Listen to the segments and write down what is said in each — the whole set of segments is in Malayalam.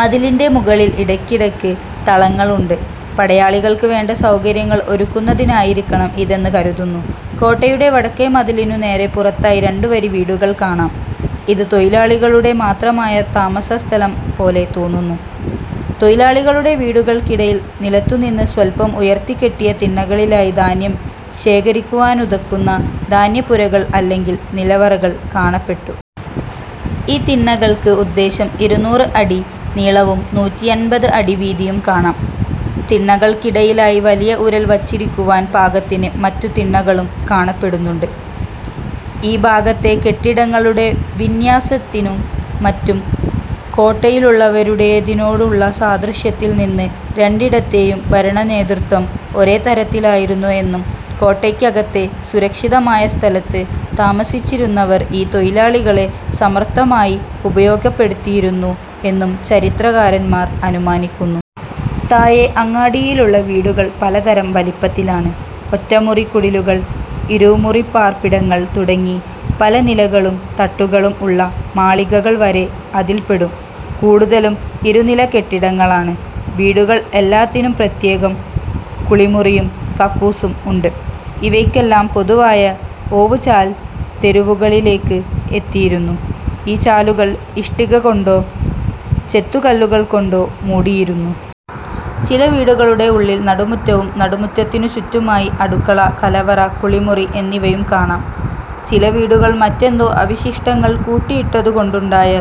മതിലിൻ്റെ മുകളിൽ ഇടയ്ക്കിടക്ക് തളങ്ങൾ ഉണ്ട്. പടയാളികൾക്ക് വേണ്ട സൗകര്യങ്ങൾ ഒരുക്കുന്നതിനായിരിക്കണം ഇതെന്ന് കരുതുന്നു. കോട്ടയുടെ വടക്കേ മതിലിനു നേരെ പുറത്തായി രണ്ടു വരി വീടുകൾ കാണാം. ഇത് തൊഴിലാളികളുടെ മാത്രമായ താമസസ്ഥലം പോലെ തോന്നുന്നു. തൊഴിലാളികളുടെ വീടുകൾക്കിടയിൽ നിലത്തുനിന്ന് സ്വല്പം ഉയർത്തിക്കെട്ടിയ തിണ്ണകളിലായി ധാന്യം ശേഖരിക്കുവാനുതകുന്ന ധാന്യപ്പുരകൾ അല്ലെങ്കിൽ നിലവറകൾ കാണപ്പെട്ടു. ഈ തിണ്ണകൾക്ക് ഉദ്ദേശം ഇരുന്നൂറ് അടി നീളവും നൂറ്റിയമ്പത് അടി വീതിയും കാണാം. തിണ്ണകൾക്കിടയിലായി വലിയ ഉരൽ വച്ചിരിക്കുവാൻ പാകത്തിന് മറ്റു തിണ്ണകളും കാണപ്പെടുന്നുണ്ട്. ഈ ഭാഗത്തെ കെട്ടിടങ്ങളുടെ വിന്യാസത്തിനും മറ്റും കോട്ടയിലുള്ളവരുടേതിനോടുള്ള സാദൃശ്യത്തിൽ നിന്ന് രണ്ടിടത്തെയും ഭരണനേതൃത്വം ഒരേ തരത്തിലായിരുന്നു എന്നും കോട്ടയ്ക്കകത്തെ സുരക്ഷിതമായ സ്ഥലത്ത് താമസിച്ചിരുന്നവർ ഈ തൊഴിലാളികളെ സമർത്ഥമായി ഉപയോഗപ്പെടുത്തിയിരുന്നു എന്നും ചരിത്രകാരന്മാർ അനുമാനിക്കുന്നു. താഴെ അങ്ങാടിയിലുള്ള വീടുകൾ പലതരം വലിപ്പത്തിലാണ്. ഒറ്റമുറിക്കുടിലുകൾ, ഇരുമുറിപ്പാർപ്പിടങ്ങൾ തുടങ്ങി പല നിലകളും തട്ടുകളും ഉള്ള മാളികകൾ വരെ അതിൽപ്പെടും. കൂടുതലും ഇരുനിലക്കെട്ടിടങ്ങളാണ്. വീടുകൾ എല്ലാത്തിനും പ്രത്യേകം കുളിമുറിയും കക്കൂസും ഉണ്ട്. ഇവയ്ക്കെല്ലാം പൊതുവായ ഓവുചാൽ തെരുവുകളിലേയ്ക്ക് എത്തിയിരുന്നു. ഈ ചാലുകൾ ഇഷ്ടികകൊണ്ടോ ചെത്തുകല്ലുകൾകൊണ്ടോ മൂടിയിരുന്നു. ചില വീടുകളുടെ ഉള്ളിൽ നടുമുറ്റവും നടുമുറ്റത്തിനു ചുറ്റുമായി അടുക്കള, കലവറ, കുളിമുറി എന്നിവയും കാണാം. ചില വീടുകൾ മറ്റെന്തോ അവശിഷ്ടങ്ങൾ കൂട്ടിയിട്ടതുകൊണ്ടുണ്ടായ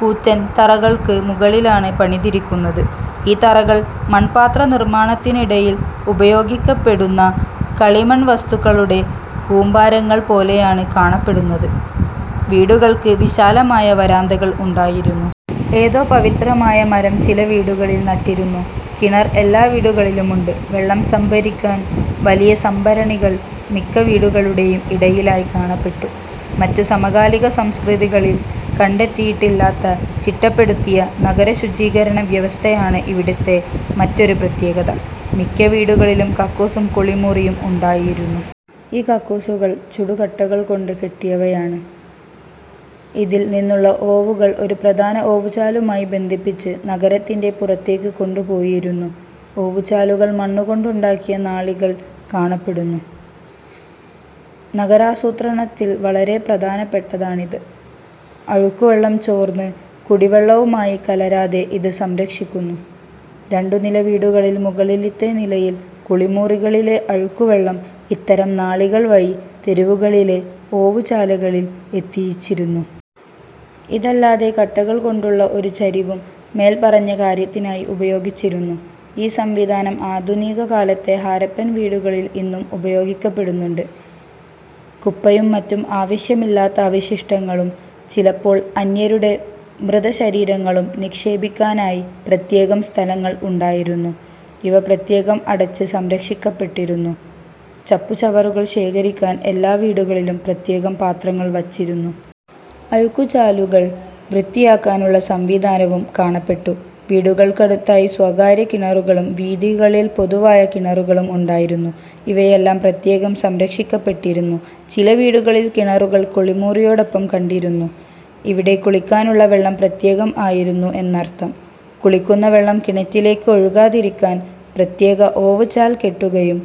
കൂറ്റൻ തറകൾക്ക് മുകളിലാണ് പണിതിരിക്കുന്നത്. ഈ തറകൾ മൺപാത്രനിർമ്മാണത്തിനിടയിൽ ഉപയോഗിക്കപ്പെടുന്ന കളിമൺ വസ്തുക്കളുടെ കൂമ്പാരങ്ങൾ പോലെയാണ് കാണപ്പെടുന്നത്. വീടുകൾക്ക് വിശാലമായ വരാന്തകൾ ഉണ്ടായിരുന്നു. ഏതോ പവിത്രമായ മരം ചില വീടുകളിൽ നട്ടിരുന്നു. കിണർ എല്ലാ വീടുകളിലും ഉണ്ട്. വെള്ളം സംഭരിക്കാൻ വലിയ സംഭരണികൾ മിക്ക വീടുകളുടേയും ഇടയിലായി കാണപ്പെട്ടു. മറ്റ് സമകാലിക സംസ്കൃതികളിൽ കണ്ടെത്തിയിട്ടില്ലാത്ത ചിട്ടപ്പെടുത്തിയ നഗരശുചീകരണ വ്യവസ്ഥയാണ് ഇവിടത്തെ മറ്റൊരു പ്രത്യേകത. മിക്ക വീടുകളിലും കക്കൂസും കുളിമുറിയും ഉണ്ടായിരുന്നു. ഈ കക്കൂസുകൾ ചുടുകട്ടകൾ കൊണ്ട് കെട്ടിയവയാണ്. ഇതിൽ നിന്നുള്ള ഓവുകൾ ഒരു പ്രധാന ഓവുചാലുമായി ബന്ധിപ്പിച്ച് നഗരത്തിൻ്റെ പുറത്തേയ്ക്ക് കൊണ്ടുപോയിരുന്നു. ഓവുചാലുകൾ മണ്ണുകൊണ്ടുണ്ടാക്കിയ നാളികൾ കാണപ്പെടുന്നു. നഗരാസൂത്രണത്തിൽ വളരെ പ്രധാനപ്പെട്ടതാണിത്. അഴുക്കുവെള്ളം ചോർന്ന് കുടിവെള്ളവുമായി കലരാതെ ഇത് സംരക്ഷിക്കുന്നു. രണ്ടു നില വീടുകളിൽ മുകളിലത്തെ നിലയിൽ കുളിമുറികളിലെ അഴുക്കുവെള്ളം ഇത്തരം നാളികൾ വഴി തെരുവുകളിലെ ഓവുചാലുകളിൽ എത്തിച്ചിരുന്നു. ഇതല്ലാതെ കട്ടകൾ കൊണ്ടുള്ള ഒരു ചരിവും മേൽപ്പറഞ്ഞ കാര്യത്തിനായി ഉപയോഗിച്ചിരുന്നു. ഈ സംവിധാനം ആധുനികകാലത്തെ ഹാരപ്പൻ വീടുകളിൽ ഇന്നും ഉപയോഗിക്കപ്പെടുന്നുണ്ട്. കുപ്പയും മറ്റും ആവശ്യമില്ലാത്ത അവശിഷ്ടങ്ങളും ചിലപ്പോൾ അന്യരുടെ മൃതശരീരങ്ങളും നിക്ഷേപിക്കാനായി പ്രത്യേകം സ്ഥലങ്ങൾ ഉണ്ടായിരുന്നു. ഇവ പ്രത്യേകം അടച്ച് സംരക്ഷിക്കപ്പെട്ടിരുന്നു. ചപ്പുചവറുകൾ ശേഖരിക്കാൻ എല്ലാ വീടുകളിലും പ്രത്യേകം പാത്രങ്ങൾ വച്ചിരുന്നു. അഴുക്കുചാലുകൾ വൃത്തിയാക്കാനുള്ള സംവിധാനവും കാണപ്പെട്ടു. വീടുകൾക്കടുത്തായി സ്വകാര്യ കിണറുകളും, വീഥികളിൽ പൊതുവായ കിണറുകളും ഉണ്ടായിരുന്നു. ഇവയെല്ലാം പ്രത്യേകം സംരക്ഷിക്കപ്പെട്ടിരുന്നു. ചില വീടുകളിൽ കിണറുകൾ കുളിമുറിയോടൊപ്പം കണ്ടിരുന്നു. ഇവിടെ കുളിക്കാനുള്ള വെള്ളം പ്രത്യേകം ആയിരുന്നു എന്നർത്ഥം. കുളിക്കുന്ന വെള്ളം കിണറ്റിലേയ്ക്ക് ഒഴുകാതിരിക്കാൻ പ്രത്യേക ഓവുചാൽ കെട്ടുകയും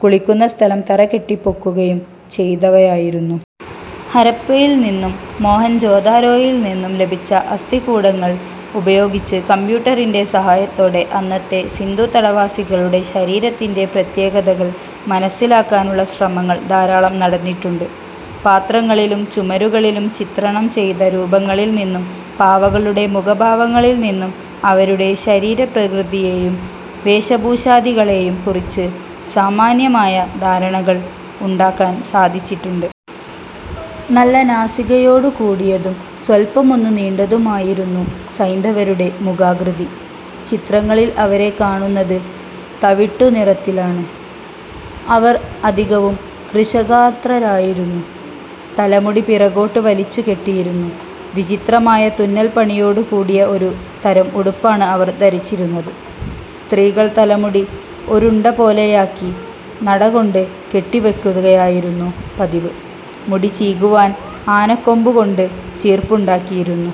കുളിക്കുന്ന സ്ഥലം തറകെട്ടി പൊക്കുകയും ചെയ്തവയായിരുന്നു. ഹരപ്പയിൽ നിന്നും മോഹൻജോദാരോയിൽ നിന്നും ലഭിച്ച അസ്ഥികൂടങ്ങൾ ഉപയോഗിച്ച് കമ്പ്യൂട്ടറിൻ്റെ സഹായത്തോടെ അന്നത്തെ സിന്ധുതടവാസികളുടെ ശരീരത്തിൻ്റെ പ്രത്യേകതകൾ മനസ്സിലാക്കാനുള്ള ശ്രമങ്ങൾ ധാരാളം നടന്നിട്ടുണ്ട്. പാത്രങ്ങളിലും ചുമരുകളിലും ചിത്രണം ചെയ്ത രൂപങ്ങളിൽ നിന്നും പാവകളുടെ മുഖഭാവങ്ങളിൽ നിന്നും അവരുടെ ശരീരപ്രകൃതിയേയും വേഷഭൂഷാദികളേയും കുറിച്ച് സാമാന്യമായ ധാരണകൾ ഉണ്ടാക്കാൻ സാധിച്ചിട്ടുണ്ട്. നല്ല നാസികയോടുകൂടിയതും സ്വല്പമൊന്നു നീണ്ടതുമായിരുന്നു സൈന്ധവരുടെ മുഖാകൃതി. ചിത്രങ്ങളിൽ അവരെ കാണുന്നത് തവിട്ടുനിറത്തിലാണ്. അവർ അധികവും കൃശഗാത്രരായിരുന്നു. തലമുടി പിറകോട്ട് വലിച്ചു കെട്ടിയിരുന്നു. വിചിത്രമായ തുന്നൽപ്പണിയോടുകൂടിയ ഒരു തരം ഉടുപ്പാണ് അവർ ധരിച്ചിരുന്നത്. സ്ത്രീകൾ തലമുടി ഒരുണ്ടപോലെയാക്കി നടകൊണ്ട് കെട്ടിവയ്ക്കുകയായിരുന്നു പതിവ്. മുടി ചീകുവാൻ ആനക്കൊമ്പുകൊണ്ട് ചീർപ്പുണ്ടാക്കിയിരുന്നു.